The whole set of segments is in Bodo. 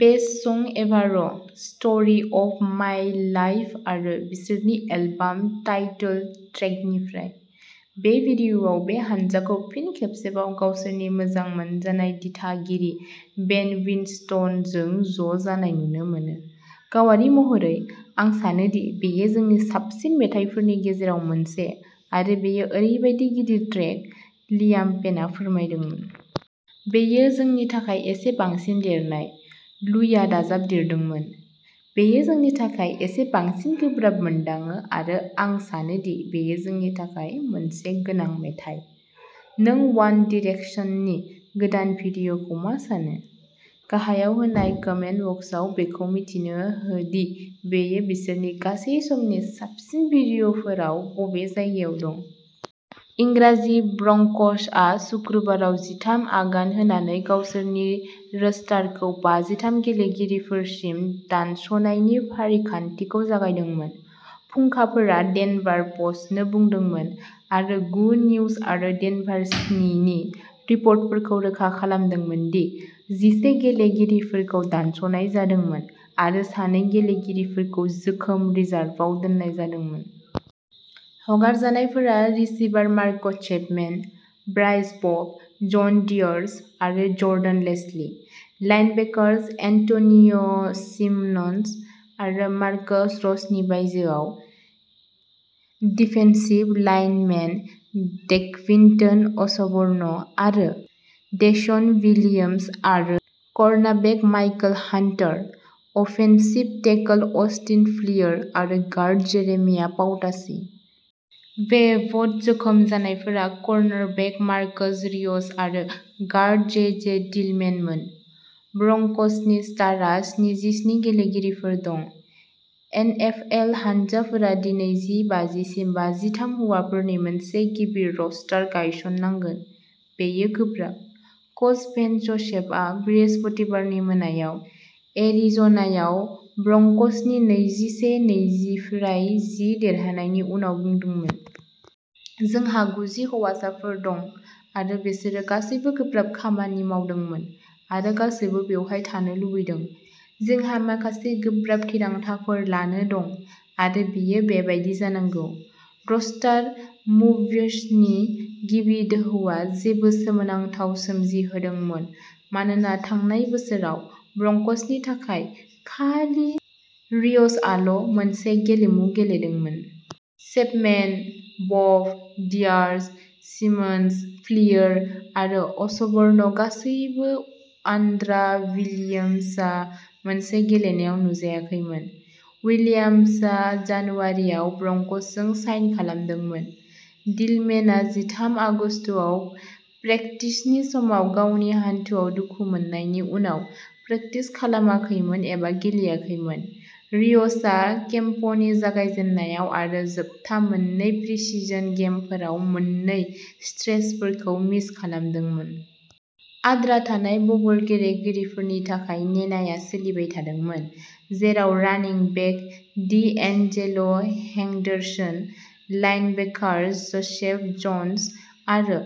Best song ever story of my लाइफ'आरो बिसोरनि एलबाम टाइटल ट्रेकनिफ्राय। बे भिडिय'आव बे हानजाखौ फिन खेबसेबाव गावसोरनि मोजां मोनजानाय दिथागिरि बेन उइनस्टनजों ज'जानाय नुनो मोनो। "गावारि महरै, आं सानोदि बेयो जोंनि साबसिन मेथाइफोरनि गेजेराव मोनसे आरो बेयो ओरैबायदि गिदिर ट्रेक", लियाम पेनआ फोरमायदोंमोन। "बेयो जोंनि थाखाय एसे बांसिन देरनाय।" लुइआ दाजाबदेरदोंमोनः "बेयो जोंनि थाखाय एसे बांसिन गोब्राब मोनदाङो आरो आं सानोदि बेयो जोंनि थाखाय मोनसे गोनां मेथाइ।" नों वान डिरेकसननि गोदान भिडिय'खौ मा सानो? गाहायाव होनाय कमेन्ट बक्सआव बेखौ मिथिनो हो दि बेयो बिसोरनि गासै समनि साबसिन भिडिय'फोराव बबे जायगायाव दं। इंराजि-ब्रंक'सआ सुक्रुबाराव जिथाम आगान होनानै गावसोरनि रोस्टारखौ बाजिथाम गेलेगिरिफोरसिम दानस'नायनि फारिखान्थिखौ जागायदोंमोन। फुंखाफोरा डेनभार प'स्टनो बुंदोंमोन आरो गु निउज आरो डेनभार स्नि नि रिपर्टफोरखौ रोखा खालामदोंमोन दि जिसे गेलेगिरिफोरखौ दानस'नाय जादोंमोन आरो सानै गेलेगिरिफोरखौ जोखोम रिजार्भआव दोननाय जादोंमोन। हगारजानायफोरा receiver Mark Chapman, Bryce Bobo', John Diarse आरो जर्डान लेस्ली, लाइनबेकार्स एन्ट'निय'सिमन्स आरो मार्कस रशनि बायजोआव, डिफेन्सिभ लाइनमेन डेक्विन्टन असबर्न आरो डेश'न विलियम्स आरो cornerback Michael Hunter, offensive tackle Austin Fleer आरो गार्ड जेरेमिया पाउटासी। वेइभ्ड-जोखोम जानायफोरा कर्नारबेक मार्कस रिय'स आरो गार्ड जे. जे. डिलमेन मोन। ब्रंक'सनि रस्टारआ स्निजिस्नि गेलेगिरिफोर दं। एनएफएल हानजाफोरा दिनै नै बाजिसिम बाजिथाम हौवाफोरनि मोनसे गिबि रस्टार गायसननांगोन। "बेयो गोब्राब", कच भेन्स ज'सेफआ बृहस्पतिबारनि मोनायाव एरिज'नायाव ब्रंक'सनि नैजिसे निफ्राय जि देरहानायनि उनाव बुंदोंमोन। "जोंहा गुजि हौवाफोर दं आरो बिसोरो गासैबो गोब्राब खामानि मावदोंमोन आरो गासैबो बेवहाय थानो लुबैदों। जोंहा माखासे गोब्राब थिरांथाफोर लानो दं आरो बेयो बेबादि जानांगौ।" रस्टार मूव्सनि गिबि दोहौआ जेबो सोमोनांथाव सोमजिहोदोंमोन मानोना थांनाय बोसोराव ब्रंक'सनि थाखाय खालि रिय'सआल'मोनसे गेलेमु गेलेदोंमोन। चेपमेन, ब'ब', डियार्स, सिमन्स, फ्लियर आरो असबर्न गासैबो आनड्रा विलियम्सा मोनसे गेलेनायाव नुजायाखैमोन। उइलियाम्सा जानुवारियाव ब्रंकसजों साइन खालामदोंमोन। डिलमेनआ जिथाम आगस्तआव प्रेकटिसनि समाव गावनि हान्थुआव दुखु मोननायनि उनाव प्रेकटिस खालामाखैमोन एबा गेलेयाखैमोन। रिय'सआ केम्पनि जागायजेन्नायाव आरो जोबथा मोन्नै प्रिसिजन गेमफोराव मोन्नै स्ट्रेचफोरखौ मिस खालामदोंमोन। आद्रा थानाय बबल गेलेगिरिफोरनि थाखाय नेनाया सोलिबाय थादोंमोन, जेराव running back D'Angelo Henderson, linebackers Joseph Jones आरो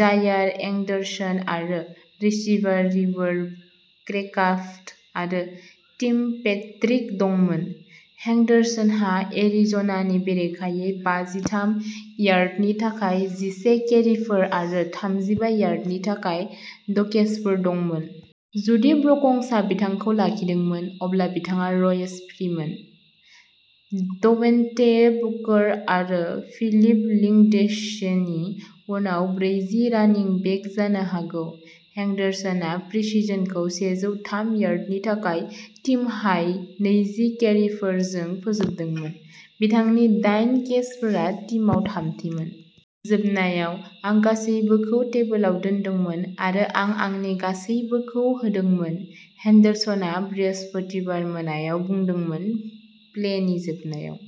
जायर एंडरसन आरो रिसीभार रिवर क्रेक्राफ्ट आरो टिम पैट्रिक दंमोन। हेंडरसनहा एरिज'नानि बेरेखायै बाजिथाम यार्डनि थाखाय जिसे केरिफोर आरो थामजिबा यार्डनि थाखाय द'केचफोर दंमोन। जुदि ब्रंकसआ बिथांखौ लाखिदोंमोन, अब्ला बिथाङा रयस फ्रीमेन, डेवन्टे बुकर आरो फिलिप लिंडसेनि उनाव ब्रैथि रानिं बेक जानो हागौ। हेंडरसनआ प्रिसिजनखौ सेजौ थाम यार्डनि थाखाय टीम-हाई नैजि केरिफोरजों फोजोबदोंमोन। बिथांनि दाइन केचफोरा टीमआव थामथिमोन। "जोबनायाव, आं गासैबोखौ टेबोलाव दोनदोंमोन आरो आं आंनि गासैबोखौ होदोंमोन", हेंडरसनआ बृहस्पतिबार मोनायाव बुंदोंमोन प्लेनि जोबनायाव।